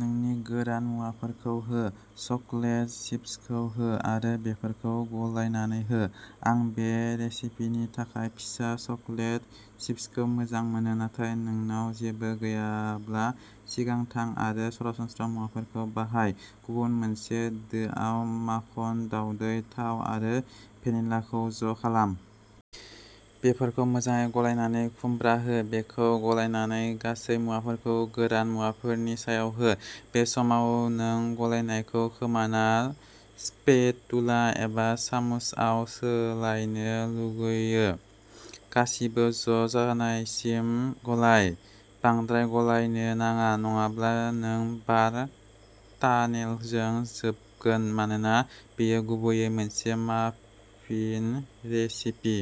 नोंनि गोरान मुवाफोरखौ हो। चकलेट चिप्सखौ हो आरो बेफोरखौ गलायनानै हो। आं बे रेसिपिनि थाखाय फिसा चकलेट चिप्सखौ मोजां मोनो, नाथाय नोंनाव जेबो गैयाब्ला, सिगां थां आरो सरासनस्रा मुवाफोरखौ बाहाय। गुबुन मोनसे दोआव, माखन, दाउदै, थाव आरो भेनिलाखौ ज' खालाम। बेफोरखौ मोजाङै गलायनानै खुमब्रा हो। बेखौ गलायनानै, गासै मुवाफोरखौ गोरान मुवाफोरनि सायाव हो। बे समाव नों गलायनायखौ खोमाना स्पेटुला एबा सामुसआव सोलायनो लुगैयो। गासिबो ज' जानायसिम गलाय। बांद्राय गलायनो नाङा नङाब्ला नों बार टानेलजों जोबगोन मानोना बेयो गुबैयै मोनसे माफिन रेसिपि।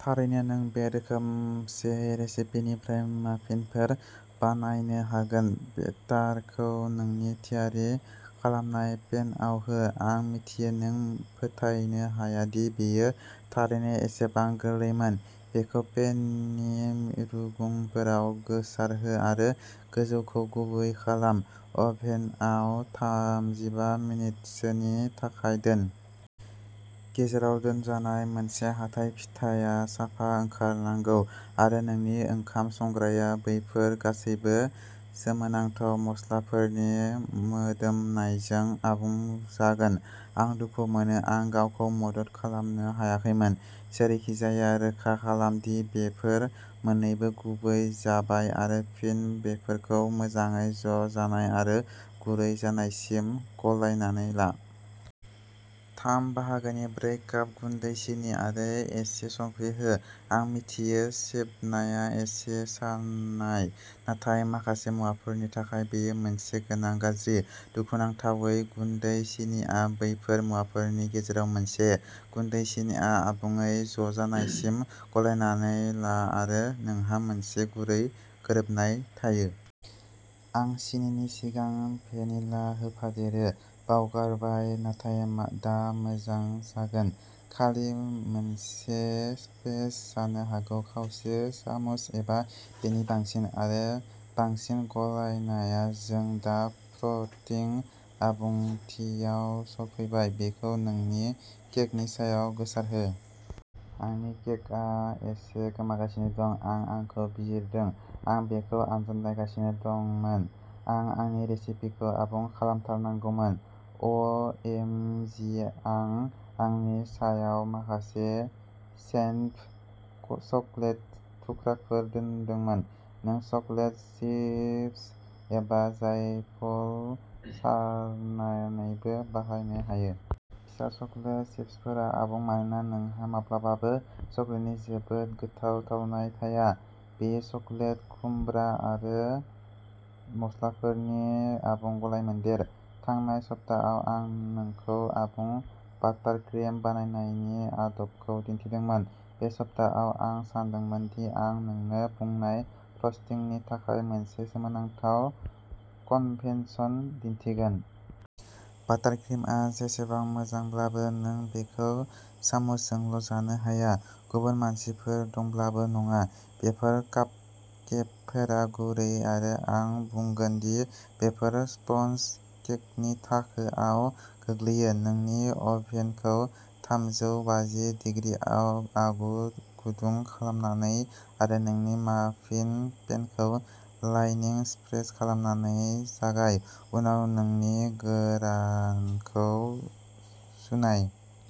थारैनो नों बे रोखोमसे रेसिपिनिफ्राय माफिनफोर बानायनो हागोन। बेटारखौ नोंनि थियारि खालामनाय पेनआव हो। आं मिथियो, नों फोथायनो हाया दि बेयो थारैनो एसेबां गोरलैमोन। बेखौ पेननि रुगुंफोराव गोसारहो आरो गोजौखौ गुरै खालाम। अभेनआव थामजिबा मिनिटसोनि थाखाय दोन। गेजेराव दोनजानाय मोनसे हाथाइ फिथाया साफा ओंखारनांगौ, आरो नोंनि ओंखाम संग्राया बैफोर गासैबो सोमोनांथाव मस्लाफोरनि मोदोमनायजों आबुं जागोन। आं दुखु मोनो आं गावखौ मदद खालामनो हायाखैमोन। जेरैखिजाया, रोखा खालाम दि बेफोर मोननैबो गुरै जाबाय आरो फिन बेफोरखौ मोजाङै ज' जानाय आरो गुरै जानायसिम गलायनानै ला। थाम बाहागोनि ब्रै काप गुन्दै सिनि आरो एसे संख्रि हो। आं मिथियो, सेबनाया एसे सानाय, नाथाय माखासे मुवाफोरनि थाखाय बेयो मोनसे गोनां गाज्रि। दुखुनांथावै, गुन्दै सिनिआ बैफोर मुवाफोरनि गेजेराव मोनसे। गुन्दै सिनिआ आबुङै ज'जानायसिम गलायनानै ला आरो नोंहा मोनसे गुरै गोरोबनाय थायो। आं सिनिनि सिगां भेनिला होफादेरनो बावगारबाय, नाथाय दा मोजां जागोन। खालि मोनसे स्प्लेश जानो हागौ खावसे सामुस एबा बेनि बांसिन। आरो बांसिन गलायनाया। जों दा फ्रस्टिं आबुंथियाव सफैबाय। बेखौ नोंनि केकनि सायाव गोसारहो। आंनि केकआ एसे गोमागासिनो दं। आं आंखौ बिजिरदों। आं बेखौ आनजाद नायगासिनो दंमोन। आं आंनि रेसिपिखौ आबुं खालामथारनांगौमोन। अ एम जि आं आंनि सायाव माखासे शेभ्ड चकलेट थुख्राफोर दोनदोंमोन। नों चकलेट चिप्स एबा जायफल सारनानैबो बाहायनो हायो। फिसा चकलेट चिप्सफोरा आबुं मानोना नोंहा माब्लाबाबो चकलेटनि जोबोद गोथाव थावनाय थाया। बेयो चकलेट, खुमब्रा आरो मस्लाफोरनि आबुं गलायमोन्देर। थांनाय सप्तायाव आं नोंखौ आबुं बाटारक्रिम बानायनायनि आदबखौ दिन्थिदोंमोन। बे सप्तायाव, आं सानदोंमोन दि आं नोंनो बुंनाय फ्रस्टिंनि थाखाय मोनसे सोमोनांथाव कन्भेन्स दिन्थिगोन। बाटारक्रिमआ जेसेबां मोजांब्लाबो, नों बेखौ सामुसजोंल' जानो हाया। गुबुन मानसिफोर दंब्लाबो नङा। बेफोर कापकेकफोरा गुरै आरो आं बुंगोन दि बेफोर स्पन्ज केकनि थाखोआव गोग्लैयो। नोंनि अभेनखौ थामजौ बाजि दिग्रिआव आगु गुदुं खालामनानै आरो नोंनि माफिन पेनखौ लाइनिं स्प्रे खालामनानै जागाय। उनाव नोंनि गोरानखौ सुनाय।